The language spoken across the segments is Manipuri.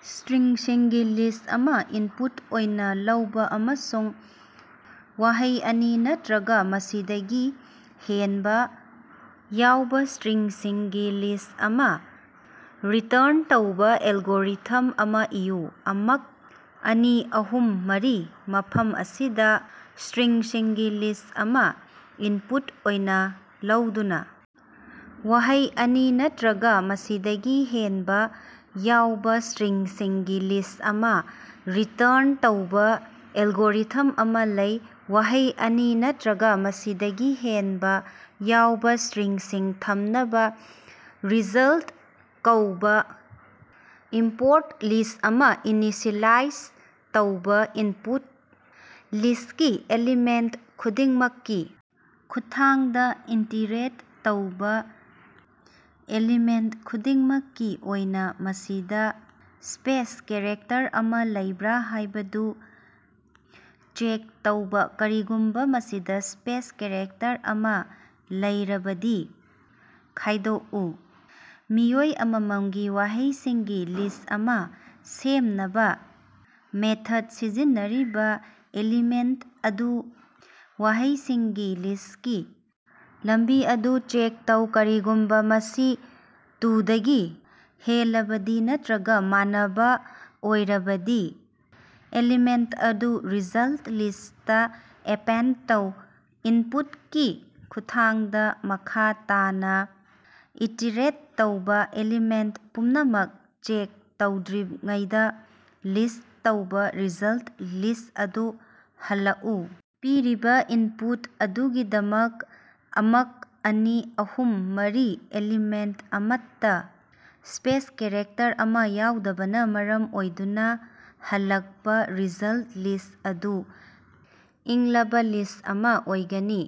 ꯁ꯭ꯇꯔꯤꯡꯁꯤꯡꯒꯤ ꯂꯤꯁꯠ ꯑꯃꯥ ꯏꯟꯄꯨꯠ ꯑꯣꯏꯅ ꯂꯧꯕ ꯑꯃꯁꯨꯡ ꯋꯥꯍꯩ ꯑꯅꯤ ꯅꯠꯇꯔꯒꯥ ꯃꯁꯤꯗꯒꯤ ꯍꯦꯟꯕꯥ ꯌꯥꯎꯕꯥ ꯁ꯭ꯇꯔꯤꯡꯁꯤꯡꯒꯤ ꯂꯤꯁꯠ ꯑꯃ ꯔꯤꯇꯔꯟ ꯇꯧꯕ ꯑꯦꯜꯒꯣꯔꯤꯊꯝ ꯑꯃ ꯏꯌꯨ꯫ "ꯑꯃꯛ", "ꯑꯅꯤ", "ꯑꯍꯨꯝ", "ꯃꯔꯤ" ꯃꯐꯝ ꯑꯁꯤꯗ ꯁ꯭ꯇꯔꯤꯡꯁꯤꯡꯒꯤ ꯂꯤꯁꯠ ꯑꯃ ꯏꯟꯄꯨꯠ ꯑꯣꯏꯅ ꯂꯧꯗꯨꯅ ꯋꯥꯍꯩ ꯑꯅꯤ ꯅꯠꯇꯔꯒ ꯃꯁꯤꯗꯒꯤ ꯍꯦꯟꯕꯥ ꯌꯥꯎꯕ ꯁ꯭ꯇꯔꯤꯡꯁꯤꯡꯒꯤ ꯂꯤꯁꯠ ꯑꯃ ꯔꯤꯇꯔꯟ ꯇꯧꯕ ꯑꯦꯜꯒꯣꯔꯤꯊꯝ ꯑꯃ ꯂꯩ꯫ ꯋꯥꯍꯩ ꯑꯅꯤ ꯅꯠꯇꯔꯒꯥ ꯃꯁꯤꯗꯒꯤ ꯍꯦꯟꯕ ꯌꯥꯎꯕ ꯁ꯭ꯇꯔꯤꯡꯁꯤꯡ ꯊꯝꯅꯕ ꯔꯤꯖꯜꯇ ꯀꯧꯕ ꯏꯝꯄꯣꯔꯠ ꯂꯤꯁꯠ ꯑꯃꯥ ꯏꯅꯤꯁꯤꯑꯦꯂꯥꯏꯖ ꯇꯧꯕꯥ ꯏꯅꯄꯨꯠ ꯂꯤꯁꯇꯀꯤ ꯑꯦꯂꯤꯃꯦꯟꯇ ꯈꯨꯗꯤꯡꯃꯛꯀꯤ ꯈꯨꯠꯊꯥꯡꯗꯥ ꯏꯇꯤꯔꯦꯠ ꯇꯧꯕ ꯑꯦꯂꯤꯃꯦꯟꯇ ꯈꯨꯗꯤꯡꯃꯛꯀꯤ ꯑꯣꯏꯅ, ꯃꯁꯤꯗ ꯁ꯭ꯄꯦꯁ ꯀꯦꯔꯦꯛꯇꯔ ꯑꯃꯥ ꯂꯩꯕ꯭ꯔꯥ ꯍꯥꯏꯕꯗꯨ ꯆꯦꯛ ꯇꯧꯕꯥ ꯀꯔꯤꯒꯨꯝꯕꯥ ꯃꯁꯤꯗꯥ ꯁ꯭ꯄꯦꯁ ꯀꯦꯔꯦꯛꯇꯔ ꯑꯃꯥ ꯂꯩꯔꯕꯗꯤ, ꯈꯥꯏꯗꯣꯛꯎ꯫ ꯃꯤꯑꯣꯏ ꯑꯃꯃꯝꯒꯤ ꯋꯥꯍꯩꯁꯤꯡꯒꯤ ꯂꯤꯁꯠ ꯑꯃ ꯁꯦꯝꯅꯕ ꯃꯦꯊꯗ ꯁꯤꯖꯤꯟꯅꯔꯤꯕꯥ ꯑꯦꯂꯤꯃꯦꯟꯇ ꯑꯗꯨ ꯋꯥꯍꯩꯁꯤꯡꯒꯤ ꯂꯤꯁꯇꯀꯤ ꯂꯝꯕꯤ ꯑꯗꯨ ꯆꯦꯛ ꯇꯧ, ꯀꯔꯤꯒꯨꯝꯕ ꯃꯁꯤ ꯇꯨꯗꯒꯤ ꯍꯦꯜꯂꯕꯗꯤ ꯅꯠꯇꯔꯒ ꯃꯥꯟꯅꯕꯥ ꯑꯣꯏꯔꯕꯗꯤ, ꯑꯦꯂꯤꯃꯦꯟꯇ ꯑꯗꯨ ꯔꯤꯖꯜꯇ ꯂꯤꯁꯠꯇꯥ ꯑꯦꯄꯦꯟꯗ ꯇꯧ ꯏꯟꯄꯨꯠꯀꯤ ꯈꯨꯠꯊꯥꯡꯗꯥ ꯃꯈꯥ ꯇꯥꯅꯥ ꯏꯇꯤꯔꯦꯠ ꯇꯧꯕꯥ꯫ ꯑꯦꯂꯤꯃꯦꯟꯇ ꯄꯨꯝꯅꯃꯛ ꯆꯦꯛ ꯇꯧꯗ꯭ꯔꯤꯉꯩꯗꯥ ꯂꯤꯁꯠ ꯇꯧꯕꯥ ꯔꯤꯖꯜꯇ ꯂꯤꯁꯠ ꯑꯗꯨ ꯍꯜꯂꯛꯎ ꯄꯤꯔꯤꯕꯥ ꯏꯟꯄꯨꯠ ꯑꯗꯨꯒꯤꯗꯃꯛ, "ꯑꯃꯛ", "ꯑꯅꯤ", "ꯑꯍꯨꯝ", "ꯃꯔꯤ", ꯑꯦꯂꯤꯃꯦꯟꯇ ꯑꯃꯠꯇꯥ ꯁ꯭ꯄꯦꯁ ꯀꯦꯔꯦꯛꯇꯔ ꯑꯃꯥ ꯌꯥꯎꯗꯕꯅꯥ ꯃꯔꯝ ꯑꯣꯏꯗꯨꯅꯥ, ꯍꯜꯂꯛꯄꯥ ꯔꯤꯖꯜꯇ ꯂꯤꯁꯠ ꯑꯗꯨ꯫ ꯏꯪꯂꯕꯥ ꯂꯤꯁꯠ ꯑꯃ ꯑꯣꯏꯒꯅꯤ꯫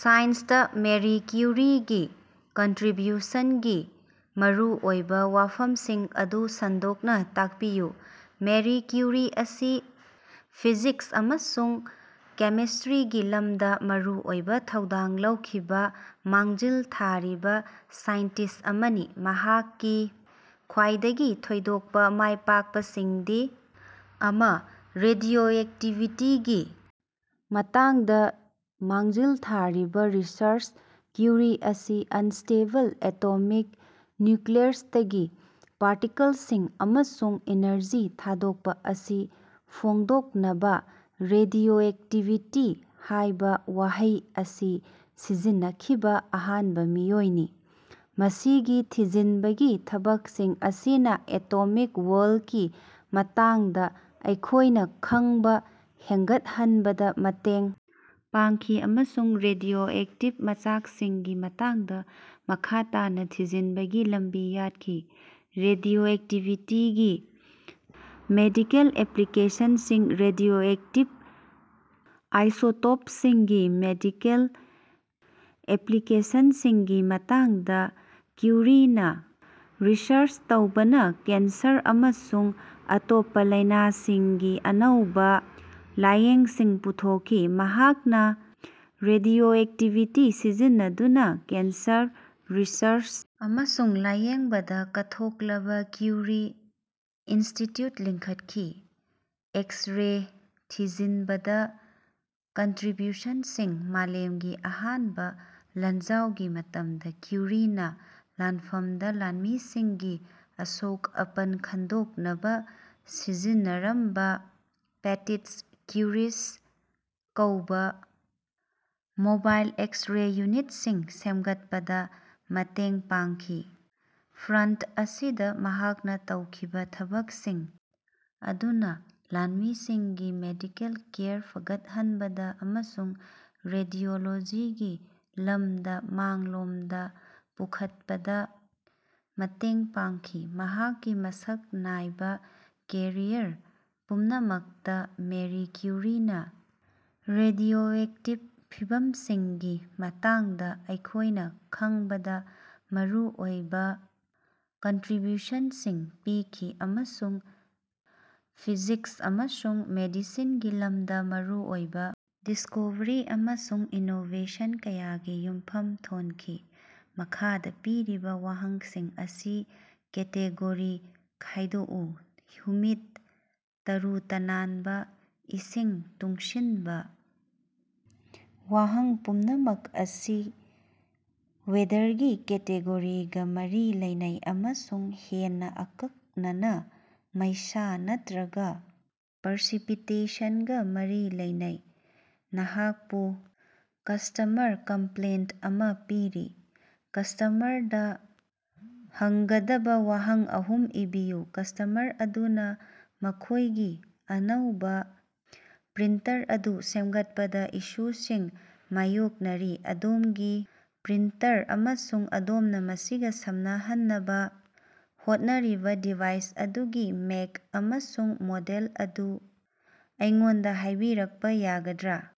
ꯁꯥꯏꯟꯁꯇꯥ ꯃꯦꯔꯤ ꯀ꯭ꯌꯨꯔꯤꯒꯤ ꯀꯟꯇꯔꯤꯕ꯭ꯌꯨꯁꯟꯒꯤ ꯃꯔꯨꯑꯣꯏꯕꯥ ꯋꯥꯐꯝꯁꯤꯡ ꯑꯗꯨ ꯁꯟꯗꯣꯛꯅ ꯇꯥꯛꯄꯤꯌꯨ꯫ ꯃꯦꯔꯤ ꯀ꯭ꯌꯨꯔꯤ ꯑꯁꯤ ꯐꯤꯖꯤꯛꯁ ꯑꯃꯁꯨꯡ ꯀꯦꯃꯤꯁ꯭ꯇꯔꯤꯒꯤ ꯂꯝꯗꯥ ꯃꯔꯨꯑꯣꯏꯕ ꯊꯧꯗꯥꯡ ꯂꯧꯈꯤꯕꯥ ꯃꯥꯡꯖꯤꯜ ꯊꯥꯔꯤꯕꯥ ꯁꯥꯏꯟꯇꯤꯁꯠ ꯑꯃꯅꯤ꯫ ꯃꯍꯥꯛꯀꯤ ꯈ꯭ꯋꯥꯏꯗꯒꯤ ꯊꯣꯏꯗꯣꯛꯄꯥ ꯃꯥꯏꯄꯥꯛꯄꯁꯤꯡꯗꯤ: ꯑꯃ. ꯔꯦꯗꯤꯑꯣꯑꯦꯛꯇꯤꯚꯤꯇꯤꯒꯤ ꯃꯇꯥꯡꯗꯥ ꯃꯥꯡꯖꯤꯜ ꯊꯥꯔꯤꯕꯥ ꯔꯤꯁꯔꯆ: ꯀ꯭ꯌꯨꯔꯤ ꯑꯁꯤ ꯑꯟꯁ꯭ꯇꯦꯕꯜ ꯑꯦꯇꯣꯃꯤꯛ ꯅ꯭ꯌꯨꯀꯂꯤꯌꯁꯇꯒꯤ ꯄꯥꯔꯇꯤꯀꯜꯁꯤꯡ ꯑꯃꯁꯨꯡ ꯏꯅꯔꯖꯤ ꯊꯥꯗꯣꯛꯄꯥ ꯑꯁꯤ ꯐꯣꯡꯗꯣꯛꯅꯕꯥ "ꯔꯦꯗꯤꯑꯣꯑꯦꯛꯇꯤꯚꯤꯇꯤ" ꯍꯥꯏꯕꯥ ꯋꯥꯍꯩ ꯑꯁꯤ ꯁꯤꯖꯤꯟꯅꯈꯤꯕꯥ ꯑꯍꯥꯟꯕ ꯃꯤꯑꯣꯏꯅꯤ꯫ ꯃꯁꯤꯒꯤ ꯊꯤꯖꯤꯅꯕꯒꯤ ꯊꯕꯛꯁꯤꯡ ꯑꯁꯤꯅꯥ ꯑꯦꯇꯣꯃꯤꯛ ꯋꯥꯔꯜꯗꯀꯤ ꯃꯇꯥꯡꯗꯥ ꯑꯩꯈꯣꯏꯅ ꯈꯪꯕ ꯍꯦꯟꯒꯠꯍꯟꯕꯗꯥ ꯃꯇꯦꯡ ꯄꯥꯡꯈꯤ ꯑꯃꯁꯨꯡ ꯔꯦꯗꯤꯑꯣꯑꯦꯛꯇꯤꯚ ꯃꯆꯥꯛꯁꯤꯡꯒꯤ ꯃꯇꯥꯡꯗꯥ ꯃꯈꯥ ꯇꯥꯅ ꯊꯤꯖꯤꯟꯕꯒꯤ ꯂꯝꯕꯤ ꯌꯥꯠꯈꯤ꯫ ꯔꯦꯗꯤꯑꯣꯑꯦꯛꯇꯤꯚꯤꯇꯤꯒꯤ ꯃꯦꯗꯤꯀꯦꯜ ꯑꯦꯄꯂꯤꯀꯦꯁꯟꯁꯤꯡ: ꯔꯦꯗꯤꯑꯣꯑꯦꯛꯇꯤꯚ ꯑꯥꯏꯁꯣꯇꯣꯄꯁꯤꯡꯒꯤ ꯃꯦꯗꯤꯀꯦꯜ ꯑꯦꯄꯂꯤꯀꯦꯁꯟꯁꯤꯡꯒꯤ ꯃꯇꯥꯡꯗꯥ ꯀ꯭ꯌꯨꯔꯤꯅꯥ ꯔꯤꯁꯔꯆ ꯇꯧꯕꯅꯥ ꯀꯦꯟꯁꯔ ꯑꯃꯁꯨꯡ ꯑꯇꯣꯞꯄꯥ ꯂꯥꯏꯅꯥꯁꯤꯡꯒꯤ ꯑꯅꯧꯕꯥ ꯂꯥꯌꯦꯡꯁꯤꯡ ꯄꯨꯊꯣꯛꯈꯤ꯫ ꯃꯍꯥꯛꯅꯥ ꯔꯦꯗꯤꯑꯣꯑꯦꯛꯇꯤꯚꯤꯇꯤ ꯁꯤꯖꯤꯟꯅꯗꯨꯅꯥ ꯀꯦꯟꯁꯔ ꯔꯤꯁꯔꯆ ꯑꯃꯁꯨꯡ ꯂꯥꯌꯦꯡꯕꯗꯥ ꯀꯠꯊꯣꯛꯂꯕ ꯀ꯭ꯌꯨꯔꯤ ꯏꯟꯁꯇꯤꯇ꯭ꯌꯨꯠ ꯂꯤꯡꯈꯠꯈꯤ꯫ ꯑꯦꯛꯁ-ꯔꯦ ꯊꯤꯖꯤꯅꯕꯗꯥ ꯀꯟꯇꯔꯤꯕ꯭ꯌꯨꯁꯟꯁꯤꯡ: ꯃꯥꯂꯦꯃꯒꯤ ꯑꯍꯥꯅꯕꯥ ꯂꯥꯟꯖꯥꯎꯒꯤ ꯃꯇꯝꯗ ꯀ꯭ꯌꯨꯔꯤꯅꯥ ꯂꯥꯟꯐꯝꯗꯥ ꯂꯥꯟꯃꯤꯁꯤꯡꯒꯤ ꯑꯁꯣꯛ-ꯑꯄꯟ ꯈꯪꯗꯣꯛꯅꯕꯥ ꯁꯤꯖꯤꯟꯅꯔꯝꯕꯥ "ꯄꯦꯇꯤꯇꯁ ꯀ꯭ꯌꯨꯔꯤꯁ" ꯀꯧꯕꯥ ꯃꯣꯕꯥꯏꯜ ꯑꯦꯛꯁ-ꯔꯦ ꯌꯨꯅꯤꯠꯁꯤꯡ ꯁꯦꯝꯒꯠꯄꯗꯥ ꯃꯇꯦꯡ ꯄꯥꯡꯈꯤ꯫ ꯐ꯭ꯔꯟꯇ ꯑꯁꯤꯗꯥ ꯃꯍꯥꯛꯅꯥ ꯇꯧꯈꯤꯕꯥ ꯊꯕꯛꯁꯤꯡ ꯑꯗꯨꯅꯥ ꯂꯥꯟꯃꯤꯁꯤꯡꯒꯤ ꯃꯦꯗꯤꯀꯦꯜ ꯀꯦꯌꯔ ꯐꯒꯠꯍꯟꯕꯗꯥ ꯑꯃꯁꯨꯡ ꯔꯦꯗꯤꯑꯣꯂꯣꯖꯤꯒꯤ ꯂꯝꯗꯥ ꯃꯥꯡꯂꯣꯝꯗꯥ ꯄꯨꯈꯠꯄꯗꯥ ꯃꯇꯦꯡ ꯄꯥꯡꯈꯤ꯫ ꯃꯍꯥꯛꯀꯤ ꯃꯁꯛ ꯅꯥꯏꯕꯥ ꯀꯦꯔꯤꯌꯔ ꯄꯨꯝꯅꯃꯛꯇꯥ, ꯃꯦꯔꯤ ꯀ꯭ꯌꯨꯔꯤꯅꯥ ꯔꯦꯗꯤꯑꯣꯑꯦꯛꯇꯤꯚ ꯐꯤꯚꯝꯁꯤꯡꯒꯤ ꯃꯇꯥꯡꯗꯥ ꯑꯩꯈꯣꯏꯅ ꯈꯪꯕꯗꯥ ꯃꯔꯨꯑꯣꯏꯕꯥ ꯀꯟꯇꯔꯤꯕ꯭ꯌꯨꯁꯟꯁꯤꯡ ꯄꯤꯈꯤ ꯑꯃꯁꯨꯡ ꯐꯤꯖꯤꯛꯁ ꯑꯃꯁꯨꯡ ꯃꯦꯗꯤꯁꯤꯅꯒꯤ ꯂꯝꯗꯥ ꯃꯔꯨꯑꯣꯏꯕꯥ ꯗꯤꯁꯀꯣꯕꯔꯤ ꯑꯃꯁꯨꯡ ꯏꯅꯣꯕꯦꯁꯟ ꯀꯌꯥꯒꯤ ꯌꯨꯝꯐꯝ ꯊꯣꯅꯈꯤ꯫ ꯃꯈꯥꯗꯥ ꯄꯤꯔꯤꯕꯥ ꯋꯥꯍꯩꯁꯤꯡ ꯑꯁꯤ ꯀꯦꯇꯦꯒꯣꯔꯤ ꯈꯥꯏꯗꯣꯛꯎ: ꯍꯨꯃꯤꯗ, ꯇꯔꯨ-ꯇꯅꯥꯅꯕꯥ, ꯏꯁꯤꯡ ꯇꯨꯡꯁꯤꯅꯕꯥ꯫ ꯋꯥꯍꯩ ꯄꯨꯝꯅꯃꯛ ꯑꯁꯤ ꯋꯦꯗꯔ"ꯒꯤ ꯀꯦꯇꯦꯒꯣꯔꯤꯒꯥ ꯃꯔꯤ ꯂꯩꯅꯩ ꯑꯃꯁꯨꯡ ꯍꯦꯟꯅꯥ ꯑꯀꯛꯅꯅꯥ "ꯃꯩꯁꯥ" ꯅꯠꯇꯔꯒꯥ "ꯄ꯭ꯔꯁꯤꯄꯤꯇꯦꯁꯟ"ꯒꯥ ꯃꯔꯤ ꯂꯩꯅꯩ꯫ ꯅꯍꯥꯛꯄꯨ ꯀꯁ꯭ꯇꯃꯔ ꯀꯝꯄꯂꯦꯟꯇ ꯑꯃꯥ ꯄꯤꯔꯤ꯫ ꯀꯁ꯭ꯇꯃꯔꯗꯥ ꯍꯪꯒꯗꯕꯥ ꯋꯥꯍꯪ ꯑꯍꯨꯝ ꯏꯕꯤꯌꯨ꯫ ꯀꯁ꯭ꯇꯃꯔ ꯑꯗꯨꯅꯥ ꯃꯈꯣꯏꯒꯤ ꯑꯅꯧꯕꯥ ꯄ꯭ꯔꯤꯟꯇꯔ ꯑꯗꯨ ꯁꯦꯝꯒꯠꯄꯗꯥ ꯏꯁꯨꯁꯤꯡ ꯃꯥꯌꯣꯛꯅꯔꯤ꯫ ꯑꯗꯣꯝꯒꯤ ꯄ꯭ꯔꯤꯟꯇꯔ ꯑꯃꯁꯨꯡ ꯑꯗꯣꯝꯅꯥ ꯃꯁꯤꯒꯥ ꯁꯝꯅꯍꯟꯅꯕꯥ ꯍꯣꯠꯅꯔꯤꯕꯥ ꯗꯤꯚꯥꯏꯁ ꯑꯗꯨꯒꯤ ꯃꯦꯛ ꯑꯃꯁꯨꯡ ꯃꯣꯗꯦꯜ ꯑꯗꯨ ꯑꯩꯉꯣꯟꯗꯥ ꯍꯥꯏꯕꯤꯔꯛꯄꯥ ꯌꯥꯒꯗ꯭ꯔꯥ?